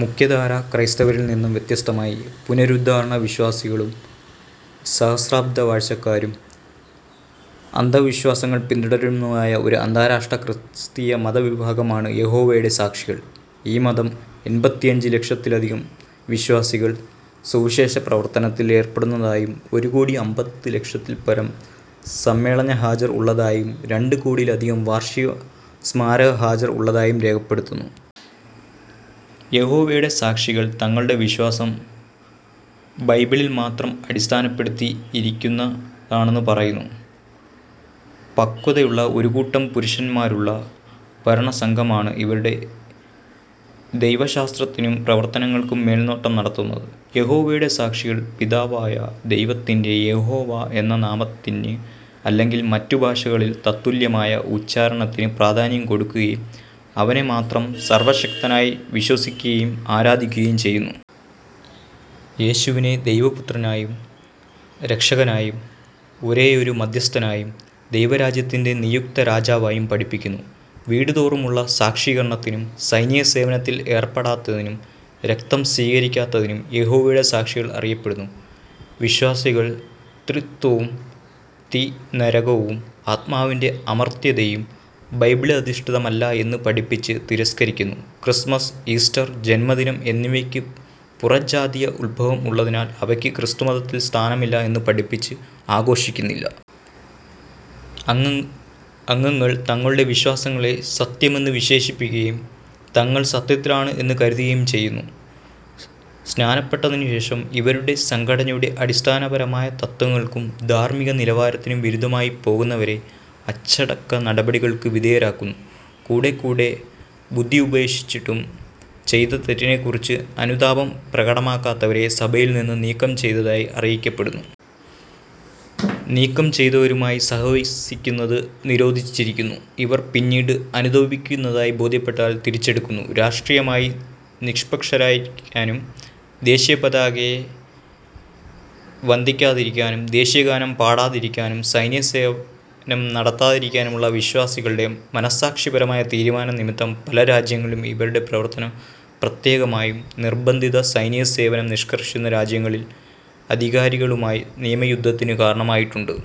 മുഖ്യധാരാക്രൈസ്തവരിൽ നിന്നു വ്യത്യസ്തമായി പുനരുദ്ധാരണവിശ്വാസികളും, സഹസ്രാബ്ദവാഴ്ച്ചക്കാരും, അത്രിത്വവിശ്വാസങ്ങൾ പിന്തുടരുന്നവരുമായ ഒരു അന്താരാഷ്ട്ര ക്രിസ്തീയ മതവിഭാഗമാണ് യഹോവയുടെ സാക്ഷികൾ. ഈ മതം എണ്പത്തിയഞ്ച് ലക്ഷത്തിലധികം വിശ്വാസികൾ സുവിശേഷപ്രവർത്തനത്തിൽ ഏർപ്പെടുന്നതായും, ഒരു കോടി അമ്പതു ലക്ഷത്തിൽപരം സമ്മേളനഹാജർ ഉള്ളതായും രണ്ട് കോടിയിൽ അധികം വാർഷിക സ്മാരക ഹാജർ ഉള്ളതായും രേഖപ്പെടുത്തുന്നു. യഹോവയുടെ സാക്ഷികൾ തങ്ങളുടെ വിശ്വാസം ബൈബിളിൽ മാത്രം അടിസ്ഥാനപ്പെടുത്തിയിരിക്കുന്നതാണെന്ന് പറയുന്നു. പക്വതയുള്ള ഒരു കൂട്ടം പുരുഷന്മാരാലുള്ള ഭരണസംഘമാണ് ഇവരുടെ ദൈവശാസ്ത്രത്തിനും, പ്രവർത്തനങ്ങൾക്കും മേൽനോട്ടം നടത്തുന്നത് യഹോവയുടെ സാക്ഷികൾ പിതാവായ ദൈവത്തിന്റെ യഹോവ എന്ന നാമത്തിന്—അല്ലെങ്കിൽ മറ്റുഭാഷകളിൽ തത്തുല്യമായ ഉച്ചാരണത്തിന്—പ്രാധാന്യം കൊടുക്കുകയും അവനെ മാത്രം സർവ്വശക്തനായ് വിശ്വസിക്കുകയും ആരാധിക്കുകയും ചെയ്യുന്നു. യേശുവിനെ ദൈവപുത്രനായും, രക്ഷകനായും, ഒരേയൊരു മദ്ധ്യസ്ഥനായും, ദൈവരാജ്യത്തിന്റെ നിയുക്ത രാജാവായും പഠിപ്പിക്കുന്നു. വീടുതോറുമുള്ള സാക്ഷീകരണത്തിനും, സൈനിക സേവനത്തിൽ ഏർപ്പെടാത്തതിനും, രക്തം സ്വീകരിക്കാത്തതിനും യഹോവയുടെ സാക്ഷികൾ അറിയപ്പെടുന്നു. വിശ്വാസികൾ ത്രിത്വവും, തീ നരകവും, ആത്മാവിന്റെ അമർത്യതയും ബൈബിളധിഷ്ഠിതമല്ല എന്ന് പഠിപ്പിച്ച് തിരസ്കരിക്കുന്നു. ക്രിസ്തുമസ്, ഈസ്റ്റർ, ജന്മദിനം എന്നിവയ്ക്ക് പുറജാതീയ ഉദ്ഭവം ഉള്ളതിനാൽ അവയ്ക്ക് ക്രിസ്തുമതത്തിൽ സ്ഥാനമില്ല എന്നു പഠിപ്പിച്ച് ആഘോഷിക്കുന്നില്ല. അംഗങ്ങൾ തങ്ങളുടെ വിശ്വാസങ്ങളെ "സത്യം" എന്ന് വിശേഷിപ്പിക്കുകയും, തങ്ങൾ "സത്യത്തിലാണ്" എന്ന് കരുതുകയും ചെയ്യുന്നു. സ്നാനപ്പെട്ടതിനു ശേഷം ഇവരുടെ സംഘടനയുടെ അടിസ്ഥാനപരമായ തത്ത്വങ്ങൾക്കും, ധാർമ്മിക നിലവാരത്തിനും വിരുദ്ധമായി പോകുന്നവരെ അച്ചടക്ക നടപടികൾക്ക് വിധേയരാക്കുന്നു. കൂടെക്കൂടെ ബുദ്ധിയുപദേശിച്ചിട്ടും ചെയ്ത തെറ്റിനെക്കുറിച്ച് അനുതാപം പ്രകടമാക്കാത്തവരെ സഭയിൽ നിന്ന് നീക്കം ചെയ്തതായി അറിയിക്കപ്പെടുന്നു. നീക്കം ചെയ്തവരുമായി സഹവസിക്കുന്നത് നിരോധിച്ചിരിക്കുന്നു. ഇവർ പിന്നീട് അനുതപിക്കുന്നതായി ബോധ്യപ്പെട്ടാൽ തിരിച്ചെടുക്കുന്നു. രാഷ്ട്രീയമായി നിഷ്പക്ഷരായിരിക്കാനും, ദേശീയപതാകയെ വന്ദിക്കാതിരിക്കാനും, ദേശീയഗാനം പാടാതിരിക്കാനും, സൈനിക സേവനം നടത്താതിരിക്കാനുള്ള വിശ്വാസികളുടെ മനസാക്ഷിപരമായ തീരുമാനം നിമിത്തം പല രാജ്യങ്ങളിലും ഇവരുടെ പ്രവർത്തനം, പ്രത്യേകമായും നിർബന്ധിത സൈനിക സേവനം നിഷ്കർഷിക്കുന്ന രാജ്യങ്ങളിൽ അധികാരികളുമായി നിയമയുദ്ധത്തിനു കാരണമായിട്ടുണ്ട്.